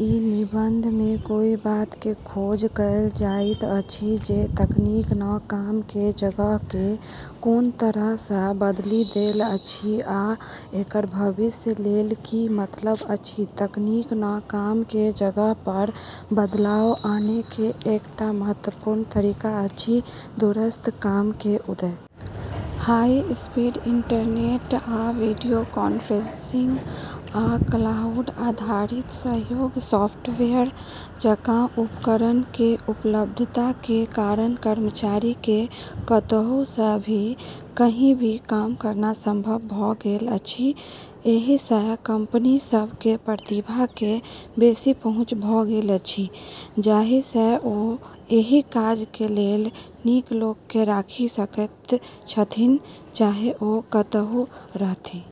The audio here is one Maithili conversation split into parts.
ई निबंध मे ई बात के खोज कएल जाइत अछि जे तकनीक नँ काम के जगह के कोन तरह सँ बदलि देल अछि आ एकर भविष्य लेल की मतलब अछि। तकनीक नँ काम के जगह पर बदलाव आने के एकटा महत्वपूर्ण तरीका अछि दूरस्थ काम के उदय। हाई स्पीड इंटरनेट आ वीडियो कॉन्फ्रेंसिंग आ क्लाउड आधारित सहयोग सॉफ्टवेयर जकां उपकरण के उपलब्धता के कारण कर्मचारी के कतहु सँ भी, कहीं भी काम करना संभव भ गेल अछि। एहि सँ कंपनी सभ के प्रतिभा के बेसी पहुंच भ गेल अछि, जाहि सँ ओ एहि काज के लेल नीक लोक के राखि सकैत छथिन्ह, चाहे ओ कतहु रहथि।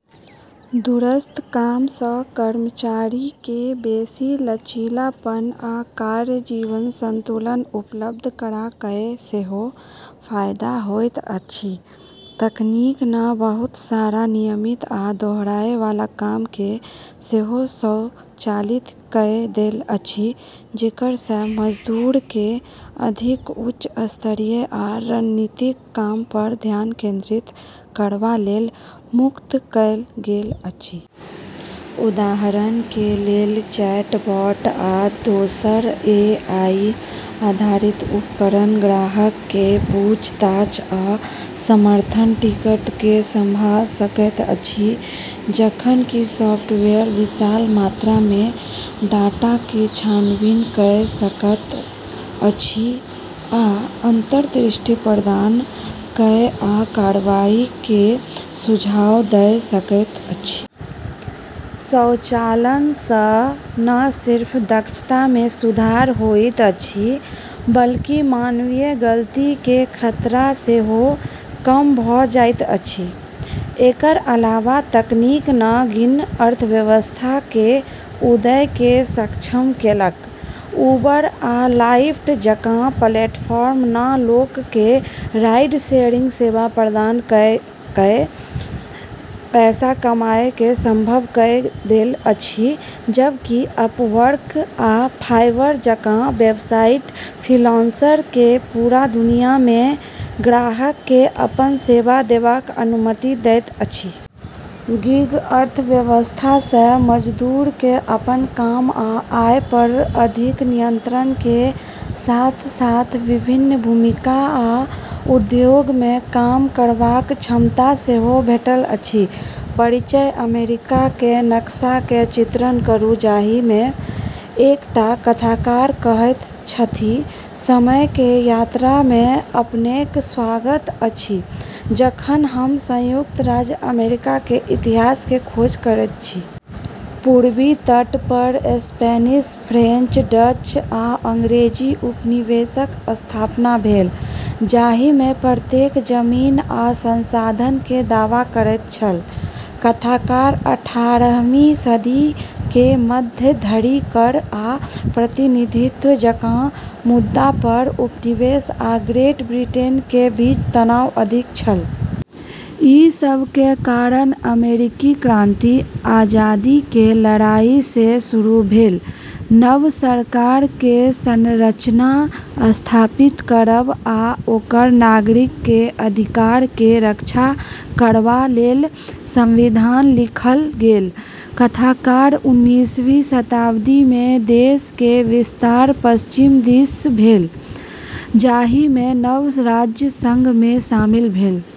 दूरस्थ काम सँ कर्मचारी के बेसी लचीलापन आ कार्य-जीवन संतुलन उपलब्ध करा कए सेहो फायदा होइत अछि। तकनीक नँ बहुत सारा नियमित आ दोहराए वाला काम के सेहो स्वचालित कए देल अछि, जेकर सँ मजदूर के अधिक उच्च स्तरीय आ रणनीतिक काम पर ध्यान केंद्रित करबा लेल मुक्त कएल गेल अछि। उदाहरण के लेल, चैटबॉट आ दोसर एआई आधारित उपकरण ग्राहक के पूछताछ आ समर्थन टिकट के संभाल सकैत अछि, जखन कि सॉफ्टवेयर विशाल मात्रा मे डाटा के छानबीन कए सकैत अछि आ अंतर्दृष्टि प्रदान कए आ कार्रवाई के सुझाव दए सकैत अछि। स्वचालन सँ न सिर्फ दक्षता मे सुधार होइत अछि, बल्कि मानवीय गलती के खतरा सेहो कम भ जाइत अछि। एकर अलावा तकनीक नँ गिग अर्थव्यवस्था के उदय के सक्षम केलक। उबर आ लाइफ्ट जकां प्लेटफॉर्म नँ लोक के राइड-शेयरिंग सेवा प्रदान कए कए पैसा कमाए के संभव कए देल अछि, जबकि अपवर्क आ फाइवर जकां वेबसाइट फ्रीलांसर के पूरा दुनिया मे ग्राहक के अपन सेवा देबाक अनुमति दैत अछि। गिग अर्थव्यवस्था सँ मजदूर के अपन काम आ आय पर अधिक नियंत्रण के साथ-साथ विभिन्न भूमिका आ उद्योग मे काम करबाक क्षमता सेहो भेटल अछि। परिचय अमेरिका के नक्शा के चित्रण करू जाहि मे एकटा कथाकार कहैत छथि समय के यात्रा मे अपनेक स्वागत अछि जखन हम संयुक्त राज्य अमेरिका के इतिहास के खोज करैत छी। पूर्वी तट पर स्पेनिश, फ्रेंच, डच, आ अंग्रेजी उपनिवेशक स्थापना भेल, जाहि मे प्रत्येक जमीन आ संसाधन के दावा करैत छल। कथाकार अठारहवीं सदी के मध्य धरि कर आ प्रतिनिधित्व जकां मुद्दा पर उपनिवेश आ ग्रेट ब्रिटेन के बीच तनाव अधिक छल। ई सब के कारण अमेरिकी क्रांति, आजादी के लड़ाई जे शुरू भेल। नव सरकार के संरचना स्थापित करब आ ओकर नागरिक के अधिकार के रक्षा करबा लेल संविधान लिखल गेल। कथाकार उन्नीसवीं शताब्दी मे देश के विस्तार पश्चिम दिस भेल, जाहि मे नव राज्य संघ मे शामिल भेल।